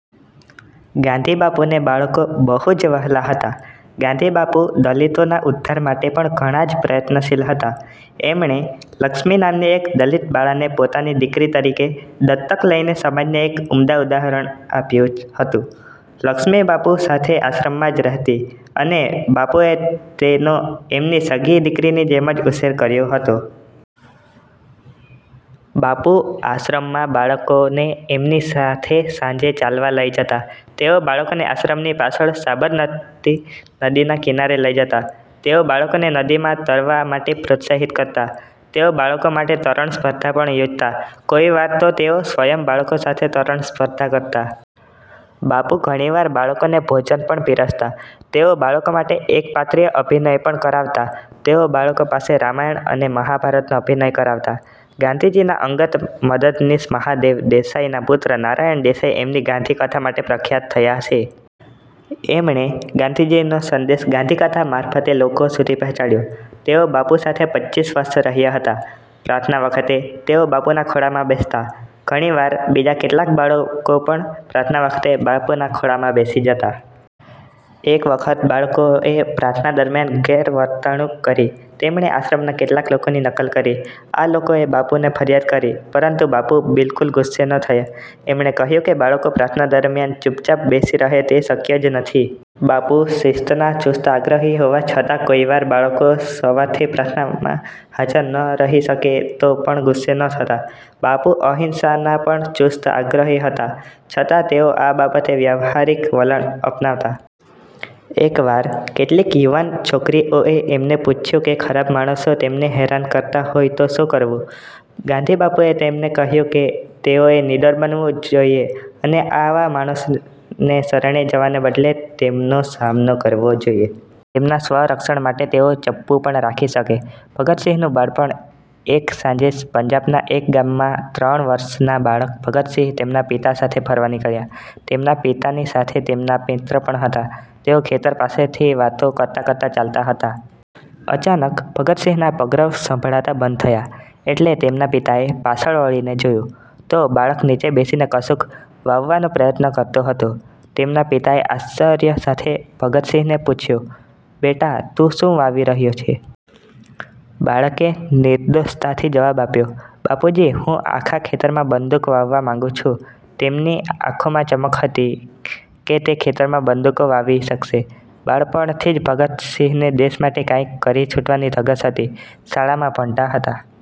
ગાંધીબાપુને બાળકો બહુ જ વહાલાં હતા. ગાંધીબાપુ દલિતોના ઉદ્ધાર માટે પણ ઘણા જ પ્રયત્નશીલ હતા. એમણે લક્ષ્મી નામની એક દલિત બાળાને પોતાની દીકરી તરીકે દત્તક લઇને સમાજને એક ઉમદા ઉદાહરણ આપ્યું હતું. લક્ષ્મી બાપુ સાથે આશ્રમમાં જ રહેતી, અને બાપુએ તેનો એમની સગી દીકરીની જેમ જ ઉછેર કર્યો હતો. બાપુ આશ્રમના બાળકોને એમની સાથે સાંજે ચાલવા લઇ જતા. તેઓ બાળકોને આશ્રમની પાછળ સાબરમતી નદીના કિનારે લઇ જતા. તેઓ બાળકોને નદીમાં તરવા માટે પ્રોત્સાહિત કરતા. તેઓ બાળકો માટે તરણ સ્પર્ધા પણ યોજતા. કોઈ વાર તો તેઓ સ્વયં બાળકો સાથે તરણ સ્પર્ધા કરતા. બાપુ ઘણી વાર બાળકોને ભોજન પણ પીરસતા. તેઓ બાળકો માટે એકપાત્રીય અભિનય પણ કરાવતા. તેઓ બાળકો પાસે રામાયણ અને મહાભારતનો અભિનય કરાવતા. ગાંધીજીના અંગત મદદનીશ મહાદેવ દેસાઈના પુત્ર નારાયણ દેસાઈ એમની ગાંધી કથા માટે પ્રખ્યાત થયા છે. એમણે ગાંધીજીનો સંદેશ "ગાંધીકથા" મારફતે લોકો સુધી પહોંચાડયો. તેઓ બાપુ સાથે પચ્ચીસ વર્ષ રહ્યા હતા. પ્રાર્થના વખતે તેઓ બાપુના ખોળામાં બેસતા. ઘણી વાર બીજા કેટલાક બાળકો પણ પ્રાર્થના વખતે બાપુના ખોળામાં બેસી જતા. એક વખત બાળકોએ પ્રાર્થના દરમ્યાન ગેરવર્તણુંક કરી. તેમણે આશ્રમના કેટલાક લોકોની નકલ કરી. આ લોકોએ બાપુને ફરિયાદ કરી, પરંતુ બાપુ બિલકુલ ગુસ્સે ન થયા. એમણે કહ્યું કે બાળકો પ્રાર્થના દરમ્યાન ચૂપચાપ બેસી રહે તે શક્ય જ નથી. બાપુ શિસ્તના ચુસ્ત આગ્રહી હોવા છતાં કોઈ વાર બાળકો સવારની પ્રાર્થનામાં હાજર ન રહી શકે તો પણ ગુસ્સે ન થતા. બાપુ અહિંસાના પણ ચુસ્ત આગ્રહી હતા, છતાં તેઓ આ બાબતે વ્યાવહારિક વલણ અપનાવતા. એક વાર કેટલીક યુવાન છોકરીઓએ એમને પૂછ્યું કે ખરાબ માણસો તેમને હેરાન કરતા હોય તો શું કરવું? ગાંધીબાપુએ તેમને કહ્યું કે તેઓએ નીડર બનવું જોઈએ અને આવા માણસોને શરણે જવાને બદલે તેમનો સામનો કરવો જોઈએ. તેમના સ્વરક્ષણ માટે તેઓ ચપ્પુ પણ રાખી શકે! ભગતસિંહનું બાળપણ: એક સાંજે પંજાબના એક ગામમાં ત્રણ વર્ષના બાળક ભગતસિંહ તેમના પિતા સાથે ફરવા નીકળ્યા. તેમના પિતાની સાથે તેમના મિત્ર પણ હતા. તેઓ ખેતર પાસેથી વાતો કરતા-કરતા ચાલતા હતા. અચાનક ભગતસિંહના પગરવ સંભળાતા બંધ થયા એટલે તેમના પિતાએ પાછળ વળીને જોયું, તો બાળક નીચે બેસીને કશુંક વાવવાનો પ્રયત્ન કરતો હતો. તેમના પિતાએ આશ્ચર્ય સાથે ભગતસિંહને પૂછ્યું, "બેટા, તું શું વાવી રહ્યો છે?" બાળકે નિર્દોષતાથી જવાબ આપ્યો, "બાપુજી, હું આખા ખેતરમાં બંદૂક વાવવા માંગુ છું." તેની આંખોમાં ચમક હતી કે તે ખેતરમાં બંદૂકો વાવી શકશે. બાળપણથી જ ભગતસિંહને દેશ માટે કાઇંક કરી છૂટવાની ધગશ હતી. શાળામાં ભણતા હતા